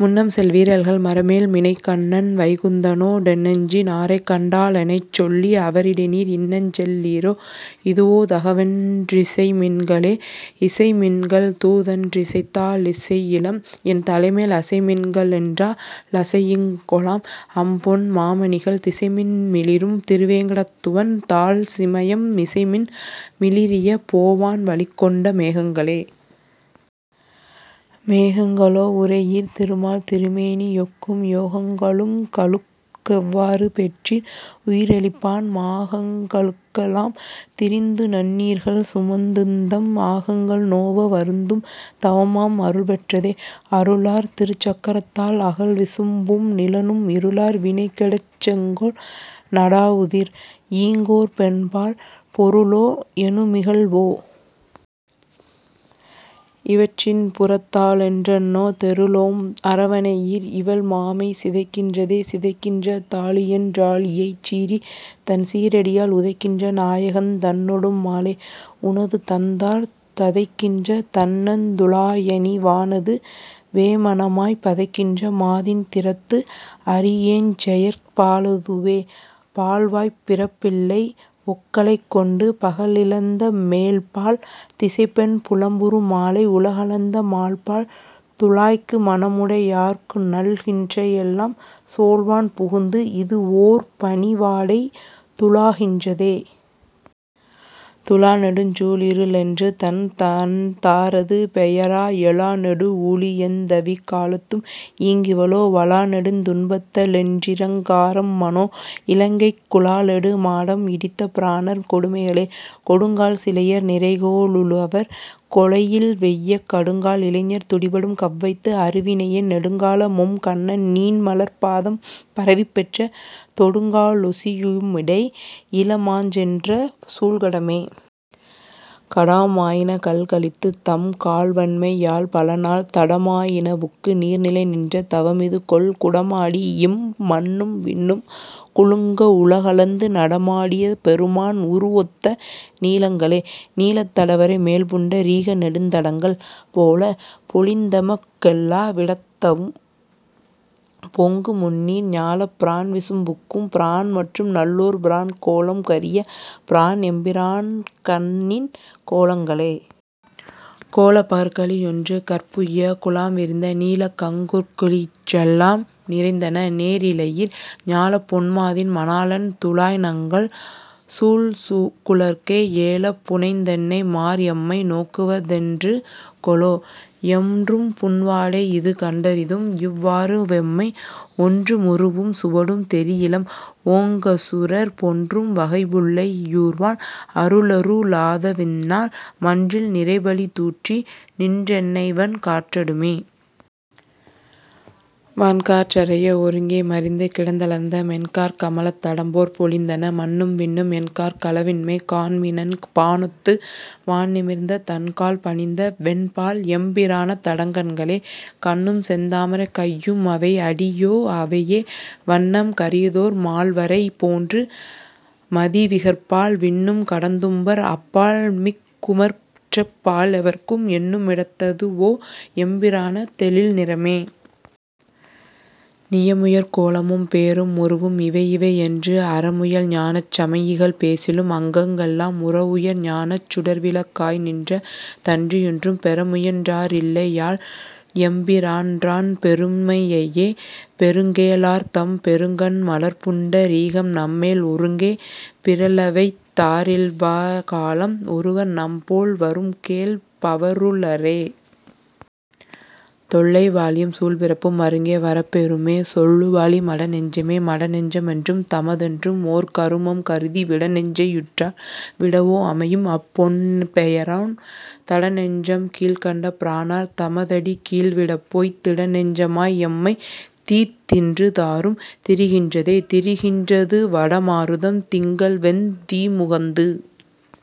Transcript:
முன்னம்செல் வீரர்கள் மறமேல்மினைக்கண்ணன் வைகுந்தனோ டென்னெஞ்சி னாரைக்கண் டாலென்னைச் சொல்லி அவரிடைநீர் இன்னஞ்செல் லீரோ, இதுவோ தகவென் றிசைமின்களே. இசைமின்கள் தூதென் றிசைத்தா லிசையிலம், என்தலைமேல் அசைமின்க ளென்றா லசையிங்கொலாம், அம்பொன் மாமணிகள் திசைமின் மிளிரும் திருவேங்கடத்துவன் தாள்சிமயம் மிசைமின் மிளிரிய போவான் வழிக் கொண்ட மேகங்களே. மேகங்க ளோ. உரை யீர், திருமால்திரு மேனியொக்கும் யோகங்க ளுங்களுக் கெவ்வாறு பெற்றீர், உயிரளிப்பான் மாகங்க ளெல்லாம் திரிந்துநன்னீர்கள் சுமந்து_ந்தம் ஆகங்கள் நோவ, வருந்தும் தவமாம் அருள்பெற்றதே? அருளார் திருச்சக் கரத்தால் அகல்விசும் பும்நிலனும் இருளார் வினைகெடச் செங்கோல் நடாவுதிர், ஈங்கோர்பெண்பால் பொருளோ எனுமிகழ் வோ? இவற்றின்புறத் தாளென்றெண்ணோ? தெருளோம் அரவணை யீர், இவள் மாமை சிதைக்கின்றதே. சிதைக்கின்ற தாழியென் றாழியைச் சீறி, தன் சீறடியால் உதைக்கின்ற நாயகந் தன்னொடும் மாலே, உனதுதண்தார் தவுக்கின்ற தண்ணந் துழாயணி வானது வேமனமாய்ப் பதைக்கின்ற மாதின் திறத்துஅறியேஞ்செயற் பாலதுவே. பால்வாய்ப் பிறைப்பிள்ளை ஒக்கலைக் கொண்டு, பகலிழந்த மேல்பால் திசைப்பெண் புலம்புறு மாலை, உலகளந்த மால்பால் துழாய்க்கு மனமுடை யார்க்குநல் கிற்றையெல்லாம் சோல்வான் புகுந்து, இது வோர்பனி வாடை துழாகின்றதே. துழாநெடுஞ் சூழிரு ளென்று, தன் தண்தா ரதுபெயரா எழாநெடு வூழி யெழுந்தவிக் காலத்தும், ஈங்கிவளோ வழாநெடுந் துன்பத்த ளென்றிரங் காரம்ம னோ. இலங்கைக் குழாநெடு மாடம், இடித்த பிரானார் கொடுமைகளே. கொடுங்கால் சிலையர் நிரைகோ ளுழவர், கொலையில்வெய்ய கடுங்கால் இளைஞர் துடிபடும் கவ்வைத்து, அருவினையேன் நெடுங்கால மும்கண்ணன் நீண்மலர்ப் பாதம் பரவிப் பெற்ற தொடுங்கா லொசியு மிடை, இள மாஞ்சென்ற சூழ்கடமே. கடமா யினகள் கழித்து, தம் கால்வன்மை யால்பலநாள் தடமா யினபுக்கு நீர்நிலை நின்ற தவமிதுகொல், குடமாடி யிம்மண்ணும் விண்ணும் குலுங்க வுலகளந்து நடமா டியபெரு மான், உரு வொத்தன நீலங்களே. நீலத் தடவரை மேல்புண்ட ரீக நெடுந்தடங்கள் போல, பொலிந்தெமக் கெல்லா விடத்தவும், பொங்குமுந்நீர் ஞாலப் பிரான்விசும் புக்கும் பிரான்மற்றும் நல்லோர்பிரான் கோலம் கரிய பிரான், எம்பிரான்கண்ணின் கோலங்களே. கோலப் பகற்களி றொன்றுகற் புய்ய, குழாம்விரிந்த நீலக்கங் குற்களி றெல்லாம் நிறைந்தன, நேரிழையீர். ஞாலப்பொன் மாதின் மணாளன் துழாய்நங்கள் சூழ்குழற்கே ஏலப் புனைந்தென்னை மார், எம்மை நோக்குவ தென்றுகொலோ. என்றும்புன் வாடை யிதுகண்டறிதும், இவ் வாறுவெம்மை ஒன்றுமுருவும் சுவடும் தெரியிலம், ஓங்கசுரர் பொன்றும் வகைபுள்ளை யூர்வான் அருளரு ளாதவிந்நாள் மன்றில் நிறைபழி தூற்றி, நின்றென்னைவன் காற்றடுமே. வன்காற் றறைய ஒருங்கே மறிந்து கிடந்தலர்ந்த, மென்காற் கமலத் தடம்போற் பொலிந்தன, மண்ணும்விண்ணும் என்காற் களவின்மை காண்மினென் பானொத்து வான்நிமிர்ந்த தன்கால்பணிந்தவென் பால், எம்பிரான தடங்கண்களே. கண்ணும்செந் தாமரை கையு மவைஅடி யோஅவையே, வண்ணம் கரியதோர் மால்வரை போன்று, மதிவிகற்பால் விண்ணும் கடந்தும்பர் அப்பால்மிக் குமற்றெப் பால்எவர்க்கும் எண்ணு மிடத்தது வோ, எம்பிரான தெழில்நிறமே? நியமுயர் கோலமும் பேரும் உருவும் இவையிவையென்று, அறமுயல் ஞானச் சமயிகள் பேசிலும், அங்கங்கெல்லாம் உறவுயர் ஞானச் சுடர்விளக் காய்நின்ற தன்றியொன்றும் பெறமுயன் றாரில்லை யால், எம்பி ரான்றன் பெருமையையே. பெருங்கேழ லார்தம் பெருங்கண் மலர்ப்புண்ட ரீகம்நம்மேல் ஒருங்கே பிறழவைத் தாரிவ்வ காலம், ஒருவர்நம்போல் வரும்கேழ் பவருள ரே? தொல்லை வாழியம் சூழ்பிறப்பும் மருங்கே வரப்பெறு மே, சொல்லுவாழி மடநெஞ்சமே. மடநெஞ்ச மென்றும் தமதென்றும், ஓர்கரு மம்கருதி, விடநெஞ்சை யுற்றார் விடவோ அமையும், அப் பொன்பெயரோன் தடநெஞ்சம் கீண்ட பிரானார் தமதடிக் கீழ்விடப்போய்த் திடநெஞ்ச மாய், எம்மை நீத்தின்று தாறும் திரிகின்றதே. திரிகின் றதுவட மாருதம், திங்கள்வெந் தீமுகந்து